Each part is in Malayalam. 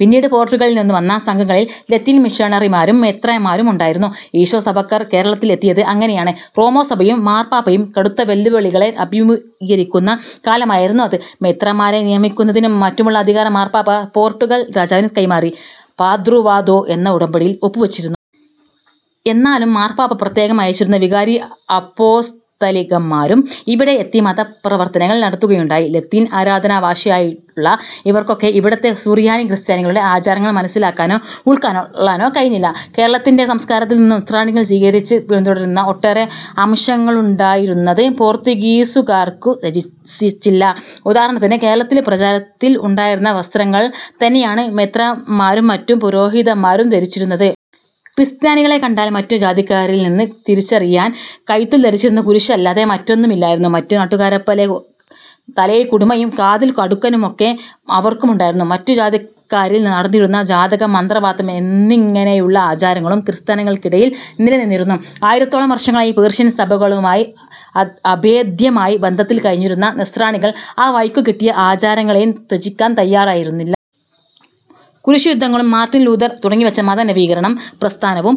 പിന്നീട് പോർട്ടുഗലിൽ നിന്നു വന്ന സംഘങ്ങളിൽ ലത്തീൻ മിഷണറിമാരും മെത്രാന്മാരും ഉണ്ടായിരുന്നു. ഈശോ സഭക്കാർ കേരളത്തിൽ എത്തിയത് അങ്ങനെയാണ്. റോമാ സഭയും മാർപാപ്പയും കടുത്ത വെല്ലുവിളികളെ അഭിമുഖീകരിക്കുന്ന കാലമായിരുന്നു അത്. മെത്രാന്മാരെ നിയമിക്കുന്നതും മറ്റുമുള്ള അധികാരം മാർപാപ്പ പോർട്ടുഗൽ രാജാവിന് കൈമാറി പാദ്രുവാദോ എന്ന ഉടമ്പടിയിൽ ഒപ്പു വച്ചിരുന്നു. എന്നാലും മാർപാപ്പ പ്രത്യേകം അയച്ചിരുന്ന വികാരി അപ്പോസ്തലികന്മാരും ഇവിടെ എത്തി മത പ്രവർത്തനങ്ങൾ നടത്തുകയുണ്ടായി. ലത്തീൻ ആരാധനാ ഭാഷയായുള്ള ഇവർക്കൊക്കെ ഇവിടത്തെ സുറിയാനി ക്രിസ്ത്യാനികളുടെ ആചാരങ്ങൾ മനസ്സിലാക്കാനോ ഉൾകൊള്ളാനോ കഴിഞ്ഞില്ല. കേരളത്തിന്റെ സംസ്കാരത്തിൽ നിന്നു നസ്രാണികൾ സ്വീകരിച്ച് പിന്തുടർന്നിരുന്ന ഒട്ടേറെ അംശങ്ങളുണ്ടായിരുന്നത് പോർത്തുഗീസുകാർക്കു രസിച്ചില്ല. ഉദാഹരണത്തിന് കേരളത്തിൽ പ്രചാരത്തിൽ ഉണ്ടായിരുന്ന വസ്ത്രങ്ങൾ തന്നെയാണ് മെത്രാന്മാരും മറ്റു പുരോഹിതന്മാരും ധരിച്ചിരുന്നത്. ക്രിസ്ത്യാനികളെ കണ്ടാൽ മറ്റു ജാതിക്കാരിൽ നിന്ന് തിരിച്ചറിയാൻ, കഴുത്തിൽ ധരിച്ചിരുന്ന കുരിശ് അല്ലാതെ മറ്റൊന്നുമില്ലായിരുന്നു. മറ്റു നാട്ടുകാരെപ്പോലെ പോലെ തലയിൽ കുടുമയും കാതിൽ കടുക്കനും ഒക്കെ അവർക്കുമുണ്ടായിരുന്നു. മറ്റു ജാതിക്കാരിൽ നടന്നിരുന്ന ജാതകം, മന്ത്രവാദം എന്നിങ്ങനെയുള്ള ആചാരങ്ങളും ക്രിസ്ത്യാനികൾക്കിടയിൽ നിലനിന്നിരുന്നു. ആയിരത്തോളം വർഷങ്ങളായി പേർഷ്യൻ സഭകളുമായി അഭേദ്യമായി ബന്ധത്തിൽ കഴിഞ്ഞിരുന്ന നസ്രാണികൾ ആ വഴിക്കു കിട്ടിയ ആചാരങ്ങളെയും ത്യജിക്കാൻ തയ്യാറായിരുന്നില്ല. കുരിശുയുദ്ധങ്ങളും മാർട്ടിൻ ലൂഥർ തുടങ്ങിവച്ച മത നവീകരണം പ്രസ്ഥാനവും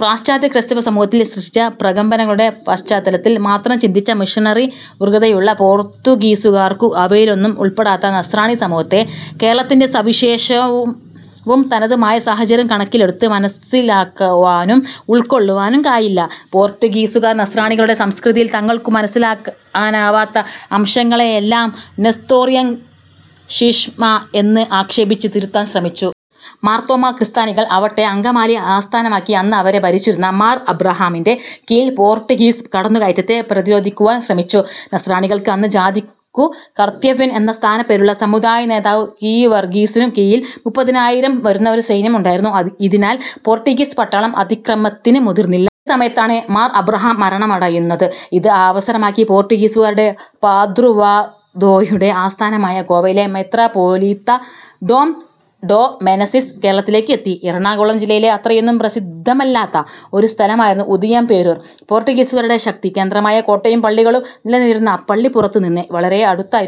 പാശ്ചാത്യ ക്രൈസ്തവ സമൂഹത്തിൽ സൃഷ്ടിച്ച പ്രകമ്പനങ്ങളുടെ പശ്ചാത്തലത്തിൽ മാത്രം ചിന്തിച്ച മിഷണറി വ്യഗ്രതയുള്ള പോർത്തുഗീസുകാർക്കു അവയിലൊന്നും ഉൾപ്പെടാത്ത നസ്രാണി സമൂഹത്തെ കേരളത്തിന്റെ സവിശേഷവും തനതുമായ സാഹചര്യം കണക്കിലെടുത്ത് മനസ്സിലാക്കുവാനും ഉൾക്കൊള്ളുവാനും ആയില്ല. പോർട്ടുഗീസുകാർ നസ്രാണികളുടെ സംസ്കൃതിയിൽ തങ്ങൾക്കു മനസ്സിലാക്കാനാവാത്ത അംശങ്ങളെയെല്ലാം നെസ്തോറിയൻ ശീശ്മ എന്ന് ആക്ഷേപിച്ച് തിരുത്താൻ ശ്രമിച്ചു. മാർത്തോമ്മാ ക്രിസ്ത്യാനികൾ ആവട്ടെ അങ്കമാലി ആസ്ഥാനമാക്കി അന്ന് അവരെ ഭരിച്ചിരുന്ന മാർ അബ്രാഹാമിന്റെ കീഴിൽ പോർട്ടുഗീസ് കടന്നുകയറ്റത്തെ പ്രതിരോധിക്കുവാൻ ശ്രമിച്ചു. നസ്രാണികൾക്ക് അന്ന് ജാതിക്കു കർത്തവ്യൻ എന്ന സ്ഥാനപ്പേരുള്ള സമുദായ നേതാവു ഗീവർഗീസിനു കീഴിൽ മുപ്പതിനായിരത്തോളം വരുന്ന ഒരു സൈന്യം ഉണ്ടായിരുന്നു. ഇതിനാൽ പോർട്ടുഗീസ് പട്ടാളം അതിക്രമത്തിന് മുതിർന്നില്ല. ഈ സമയത്താണ് മാർ ആബ്രഹാം മരണമടയുന്നത്. ഇത് അവസരമാക്കി പോർട്ടുഗീസുകാരുടെ പാദ്രുവാദോയുടെ ആസ്ഥാനമായ ഗോവയിലെ മെത്രാപോലീത്ത ഡോം ഡോ. മെനസിസ് കേരളത്തിലേയ്ക്ക് എത്തി്. എറണാകുളം ജില്ലയിലെ അത്രയൊന്നും പ്രസിദ്ധമല്ലാത്ത ഒരു സ്ഥലമായിരുന്ന ഉദയംപേരൂർ പോർട്ടുഗീസുകാരുടേ ശക്തി കേന്ദ്രമായ കോട്ടയും പള്ളികളും നിലനിന്നിരുന്ന പള്ളിപ്പുറത്തു നിന്ന് വളരെ അടുത്തായിരുന്നു.